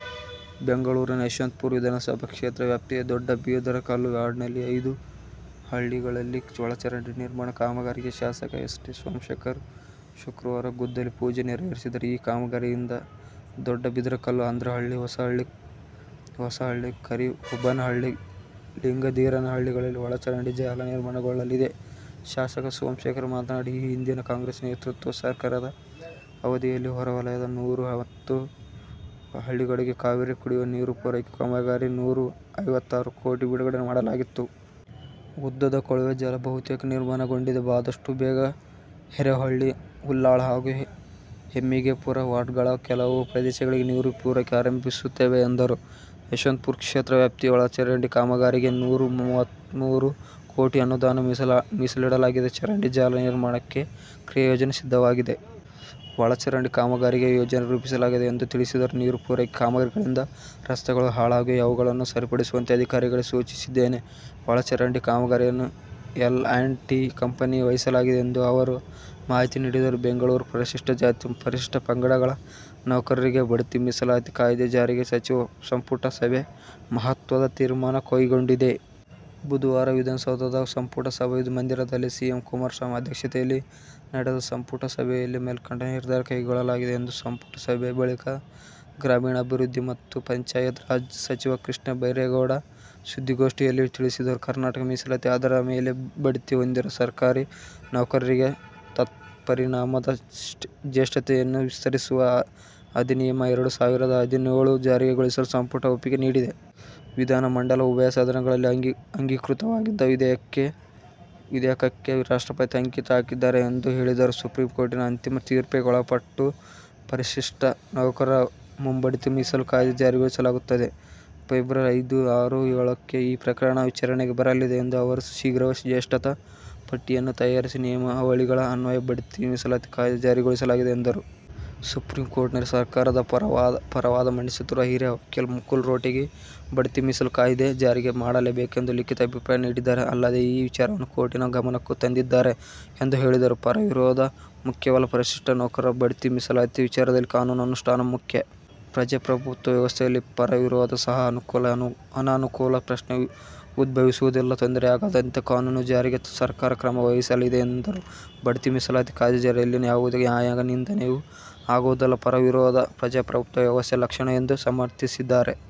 ಬೆಂಗಳೂರು: ಯಶವಂತಪುರ ವಿಧಾನಸಭಾ ಕ್ಷೇತ್ರ ವ್ಯಾಪ್ತಿಯ ದೊಡ್ಡಬಿದರಕಲ್ಲು ವಾರ್ಡ್ನಲ್ಲಿನ ಐದು ಹಳ್ಳಿಗಳಲ್ಲಿ ಒಳಚರಂಡಿ ನಿರ್ಮಾಣ ಕಾಮಗಾರಿಗೆ ಶಾಸಕ ಎಸ್. ಟಿ. ಸೋಮಶೇಖರ್ ಶುಕ್ರವಾರ ಗುದ್ದಲಿ ಪೂಜೆ ನೆರವೇರಿಸಿದರು. ಈ ಕಾಮಗಾರಿಯಿಂದ ದೊಡ್ಡಬಿದರಕಲ್ಲು, ಅಂದ್ರಹಳ್ಳಿ, ಹೊಸಹಳ್ಳಿ, ಕರಿಹೋಬನಹಳ್ಳಿ, ಲಿಂಗಧೀರನಹಳ್ಳಿಗಳಲ್ಲಿ ಒಳಚರಂಡಿ ಜಾಲ ನಿರ್ಮಾಣಗೊಳ್ಳಲಿದೆ. ಶಾಸಕ ಸೋಮಶೇಖರ್ ಮಾತನಾಡಿ, 'ಈ ಹಿಂದಿನ ಕಾಂಗ್ರೆಸ್ ನೇತೃತ್ವದ ಸರ್ಕಾರದ ಅವಧಿಯಲ್ಲಿ ಹೊರಹೊಲಯದ ನೂರ ಹತ್ತು ಹಳ್ಳಿಗಳಿಗೆ ಕಾವೇರಿ ಕುಡಿಯುವ ನೀರು ಪೂರೈಕೆ ಕಾಮಗಾರಿಗಾಗಿ ನೂರ ಐವತ್ತಾರು ಕೋಟಿ ಬಿಡುಗಡೆ ಮಾಡಲಾಗಿತ್ತು. ಉದ್ದದ ಕೊಳವೆ ಜಲ ಬಹುತೇಕ ನಿರ್ಮಾಣಗೊಂಡಿದೆ. ಆದಷ್ಟು ಬೇಗ ಹೇರೋಹಳ್ಳಿ, ಉಲ್ಲಾಳ ಹಾಗೂ ಹೆಮ್ಮಿಗೆಪುರ ವಾರ್ಡ್ಗಳ ಕೆಲವು ಪ್ರದೇಶಗಳಿಗೆ ನೀರು ಪೂರೈಕೆ ಆರಂಭಿಸುತ್ತೇವೆ' ಎಂದರು. 'ಯಶವಂತಪುರ ಕ್ಷೇತ್ರ ವ್ಯಾಪ್ತಿಯ ಒಳಚರಂಡಿ ಕಾಮಗಾರಿಗೆ ನೂರ ಮೂವತ್ಮೂರು ಕೋಟಿ ಅನುದಾನ ಮೀಸಲಿಡಲಾಗಿದೆ. ಚರಂಡಿ ಜಾಲ ನಿರ್ಮಾಣಕ್ಕೆ ಕ್ರಿಯಾ ಯೋಜನೆ ಸಿದ್ಧವಾಗಿದೆ. ಒಳಚರಂಡಿ ಕಾಮಗಾರಿಗೆ ಯೋಜನೆ ರೂಪಿಸಲಾಗಿದೆ' ಎಂದು ತಿಳಿಸಿದರು. 'ನೀರು ಪೂರೈಕೆ ಕಾಮಗಾರಿಗಳಿಂದ ರಸ್ತೆಗಳು ಹಾಳಾಗಿವೆ. ಅವುಗಳನ್ನು ಸರಿಪಡಿಸುವಂತೆ ಅಧಿಕಾರಿಗಳಿಗೆ ಸೂಚಿಸಿದ್ದೇನೆ. ಒಳಚರಂಡಿ ಕಾಮಗಾರಿಯನ್ನು ಎಲ್ ಆ್ಯಂಡ್ ಟಿ ಕಂಪನಿಗೆ ವಹಿಸಲಾಗಿದೆ' ಎಂದು ಅವರು ಮಾಹಿತಿ ನೀಡಿದರು. ಬೆಂಗಳೂರು, ಪರಿಶಿಷ್ಟ ಜಾತಿ ಮತ್ತು ಪರಿಶಿಷ್ಟ ಪಂಗಡಗಳ ನೌಕರರಿಗೆ ಭಡ್ತಿ ಮೀಸಲಾತಿ ಕಾಯ್ದೆ ಜಾರಿಗೆ ಸಚಿವ ಸಂಪುಟ ಸಭೆ ಮಹತ್ವದ ತೀರ್ಮಾನ ಕೈಗೊಂಡಿದೆ. ಬುಧವಾರ ವಿಧಾನಸೌಧದ ಸಂಪುಟ ಸಭಾ ಮಂದಿರದಲ್ಲಿ ಸಿಎಂ ಕುಮಾರಸ್ವಾಮಿ ಅಧ್ಯಕ್ಷತೆಯಲ್ಲಿ ನಡೆದ ಸಂಪುಟ ಸಭೆಯಲ್ಲಿ ಮೇಲ್ಕಂಡ ನಿರ್ಧಾರ ಕೈಗೊಳ್ಳಲಾಗಿದೆ ಎಂದು ಸಂಪುಟ ಸಭೆ ಬಳಿಕ ಗ್ರಾಮೀಣಾಭಿವೃದ್ಧಿ ಮತ್ತು ಪಂಚಾಯತ್ ರಾಜ್ ಸಚಿವ ಕೃಷ್ಣ ಬೈರೇಗೌಡ ಸುದ್ದಿಗೋಷ್ಠಿಯಲ್ಲಿ ತಿಳಿಸಿದರು. ಕರ್ನಾಟಕ ಮೀಸಲಾತಿ ಆಧಾರದ ಮೇಲೆ ಭಡ್ತಿ ಹೊಂದಿರುವ ಸರಕಾರಿ ನೌಕರರಿಗೆ ತತ್ಪರಿಣಾಮದ ಜೇಷ್ಠತೆಯನ್ನು ವಿಸ್ತರಿಸುವ ಅಧಿನಿಯಮ – ಎರಡು ಸಾವಿರದ ಹದಿನೇಳನ್ನು ಜಾರಿಗೊಳಿಸಲು ಸಂಪುಟ ಒಪ್ಪಿಗೆ ನೀಡಿದೆ. ವಿಧಾನ ಮಂಡಲ ಉಭಯ ಸದನಗಳಲ್ಲಿ ಅಂಗೀಕೃತವಾಗಿದ್ದ ವಿಧೇಯಕಕ್ಕೆ ರಾಷ್ಟ್ರಪತಿ ಅಂಕಿತ ಹಾಕಿದ್ದಾರೆ ಎಂದು ಹೇಳಿದರು. ಸುಪ್ರೀಂ ಕೋರ್ಟಿನ ಅಂತಿಮ ತೀರ್ಪಿಗೆ ಒಳಪಟ್ಟು ಪರಿಶಿಷ್ಟ ನೌಕರರ ಮುಂಭಡ್ತಿ ಮೀಸಲು ಕಾಯ್ದೆ ಜಾರಿಗೊಳಿಸಲಾಗುತ್ತದೆ. ಫೆಬ್ರವರಿ ಐದು, ಆರು, ಏಳಕ್ಕೆ ಈ ಪ್ರಕರಣದ ವಿಚಾರಣೆಗೆ ಬರಲಿದೆ ಎಂದ ಅವರು, ಶೀಘ್ರವೇ ಜೇಷ್ಠತಾ ಪಟ್ಟಿಯನ್ನು ತಯಾರಿಸಿ ನಿಯಮಾವಳಿಗಳ ಅನ್ವಯ ಭಡ್ತಿ ಮೀಸಲಾತಿ ಕಾಯ್ದೆ ಜಾರಿಗೊಳಿಸಲಾಗಿದೆ ಎಂದರು. ಸುಪ್ರೀಂ ಕೋರ್ಟ್ನಲ್ಲಿ ಸರಕಾರದ ಪರ ವಾದ ಮಂಡಿಸುತ್ತಿರುವ ಹಿರಿಯ ವಕೀಲ ಮುಕುಲ್ ರೋಟಗಿ ಭಡ್ತಿ ಮೀಸಲು ಕಾಯ್ದೆ ಜಾರಿ ಮಾಡಲೇಬೇಕೆಂದು ಲಿಖಿತ ಅಭಿಪ್ರಾಯ ನೀಡಿದ್ದಾರೆ. ಅಲ್ಲದೆ, ಈ ವಿಚಾರವನ್ನು ಕೋರ್ಟಿನ ಗಮನಕ್ಕೂ ತಂದಿದ್ದಾರೆ ಎಂದು ಹೇಳಿದರು. ಪರ – ವಿರೋಧ ಮುಖ್ಯವಲ್ಲ: ಪರಿಶಿಷ್ಟ ನೌಕರರ ಭಡ್ತಿ ಮೀಸಲಾತಿ ವಿಚಾರದಲ್ಲಿ ಕಾನೂನು ಅನುಷ್ಟಾನ ಮುಖ್ಯ. ಪ್ರಜಾಪ್ರಭುತ್ವ ವ್ಯವಸ್ಥೆಯಲ್ಲಿ ಪರ – ವಿರೋಧ ಸಹಜ. ಅನುಕೂಲ, ಅನಾನುಕೂಲದ ಪ್ರಶ್ನೆ ಉದ್ಭವಿಸುವುದಿಲ್ಲ. ತೊಂದರೆಯಾಗದಂತೆ ಕಾನೂನು ಜಾರಿಗೆ ಸರಕಾರ ಕ್ರಮ ವಹಿಸಲಿದೆ ಎಂದರು. ಭಡ್ತಿ ಮೀಸಲಾತಿ ಕಾಯ್ದೆ ಜಾರಿಯಿಂದ ಯಾವುದೇ ನ್ಯಾಯಾಂಗ ನಿಂದನೆಯೂ ಆಗುವುದಿಲ್ಲ. ಪರ – ವಿರೋಧ ಪ್ರಜಾಪ್ರಭುತ್ವ ವ್ಯವಸ್ಥೆ ಲಕ್ಷಣ ಎಂದು ಸಮರ್ಥಿಸಿದ್ದಾರೆ.